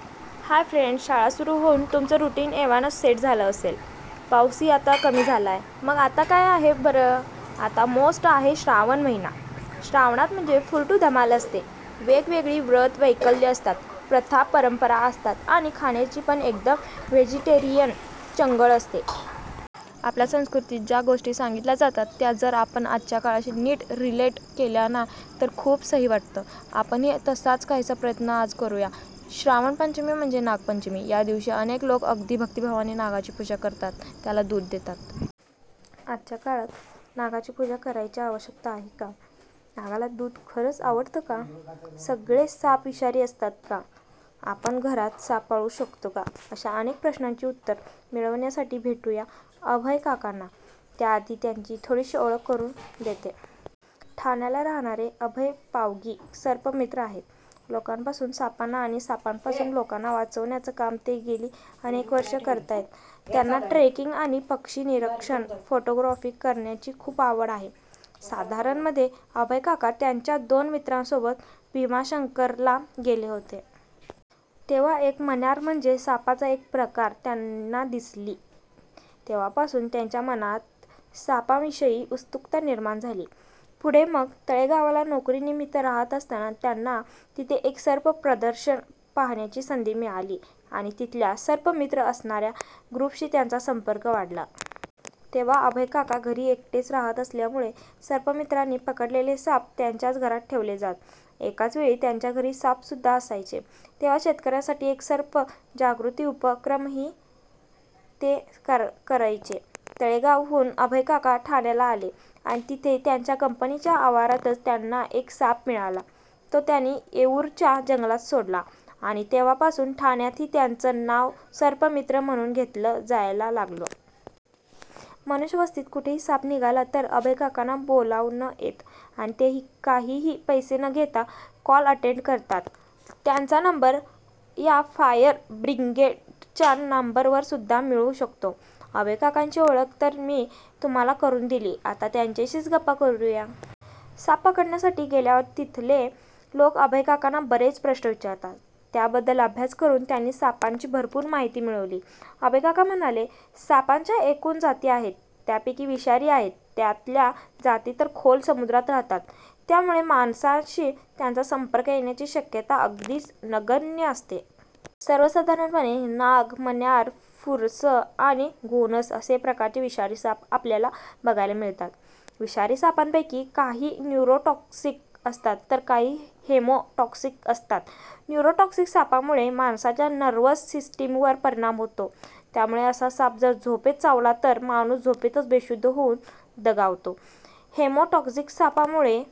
हाय friends! शाळा सुरु होऊन तुमचं रुटीन एव्हाना सेट झालं असेल. पाऊसही आता कमी झालाय. मग आता काय आहे बरं? आता मोस्ट आहे श्रावण महिना! श्रावणात म्हणजे फुल टू धमाल असते. वेग वेगळी व्रतं वैकल्य असतात, प्रथा परंपरा असतात आणि खाण्याची पण एकदम व्हेजिटेरियन चंगळ असते. आपल्या संस्कृतीत ज्या गोष्टी सांगितल्या जातात त्या जर आपण आजच्या काळाशी नीट रिलेट केल्या ना, तर खूप सही वाटतं. आपणही तसाच काहीसा प्रयत्न आज करूया. श्रावण पंचमी म्हणजे नाग पंचमी. या दिवशी अनेक लोक अगदी भक्तीभावाने नागाची पूजा करतात, त्याला दूध देतात. आजच्या काळात नागाची पूजा करायची आवश्यकता आहे का? नागाला दूध खरंच आवडतं का? सगळेच साप विषारी असतात का? आपण घरात साप पाळू शकतो का? अशा अनेक प्रश्नांची उत्तरं मिळवण्यासाठी भेटूया अभय काकांना. त्या आधी त्यांची थोडीशी ओळख करून देते. ठाण्याला राहणारे अभय पावगी सर्पमित्र आहेत. लोकांपासून सापांना आणि सापांपासून लोकांना वाचवण्याचं काम ते गेली अनेक वर्षं करतायत. त्यांना ट्रेकिंग, आणि पक्षी -निरीक्षण, फोटोग्राफी करण्याची खूप आवड आहे. साधारण मध्ये अभयकाका त्यांच्या दोन मित्रांसोबत भीमाशंकरला गेले होते. तेव्हा एक मण्यार म्हणजे सापाचा एक प्रकार त्यांना दिसली. तेव्हापासून त्यांच्या मनात सापां विषयी उत्सुकता निर्माण झाली. पुढे मग तळेगावला नोकरी निमित्त राहत असताना त्यांना तिथे एक सर्प प्रदर्शन पाहण्याची संधी मिळाली आणि तिथल्या सर्पमित्र असणाऱ्या ग्रुपशी त्यांचा संपर्क वाढला. तेव्हा अभय काका घरी एकटेच राहत असल्यामुळे सर्पमित्रांनी पकडलेले साप त्यांच्याच घरात ठेवले जात. एकाच वेळी त्यांच्या घरी साप सुद्धा असायचे! तेव्हा शेतकऱ्यांसाठी एक सर्प जागृती उपक्रमही ते करयचे. तळेगावहून अभयकाका ठाण्याला आले आणि तिथे त्यांच्या कंपनीच्या आवारातच त्यांना एक साप मिळाला, तो त्यांनी येऊरच्या जंगलात सोडला आणि तेव्हा पासून ठाण्यातही त्यांचं नाव सर्पमित्र म्हणून घेतलं जायला लागलं. मनुष्य वस्तीत कुठेही साप निघाला तर अभय काकांना बोलावणं येतं आणि तेही काहीही पैसे न घेता कॉल अटेंड करतात. त्यांचा नंबर या फायर ब्रिगेडच्या नंबरवर सुद्धा मिळू शकतो. अभय काकांची ओळख तर मी तुम्हाला करून दिली, आता त्यांच्याशीच गप्पा करूया. साप पकडण्यासाठी गेल्यावर तिथले लोक अभयकाकांना बरेच प्रश्न विचारात. त्याबद्दल अभ्यास करून त्यांनी सापांची भरपूर माहिती मिळवली. अभयकाका म्हणाले, सापांच्या एकूण जाती आहेत. त्यापैकी विषारी आहेत. त्यातल्या जाती तर खोल समुद्रात राहतात. त्यामुळे माणसांशी त्यांचा संपर्क येण्याची शक्यता अगदीच नगण्य असते. सर्वसाधारणपणे नाग, मण्यार, फुरसं आणि घोणस असे प्रकारचे विषारी साप आपल्याला बघायला मिळतात. विषारी सापांपैकी काही न्युरो टॉक्सिक असतात तर काही हेमो टॉक्सिक असतात. न्युरो टॉक्सिक सापांमुळे माणसाच्या नर्व्हस सिस्टीमवर परिणाम होतो. त्यामुळे असा साप जर झोपेत चावला तर माणूस झोपेतच बेशुद्ध होऊन दगावतो. Haemo toxic सापांमुळे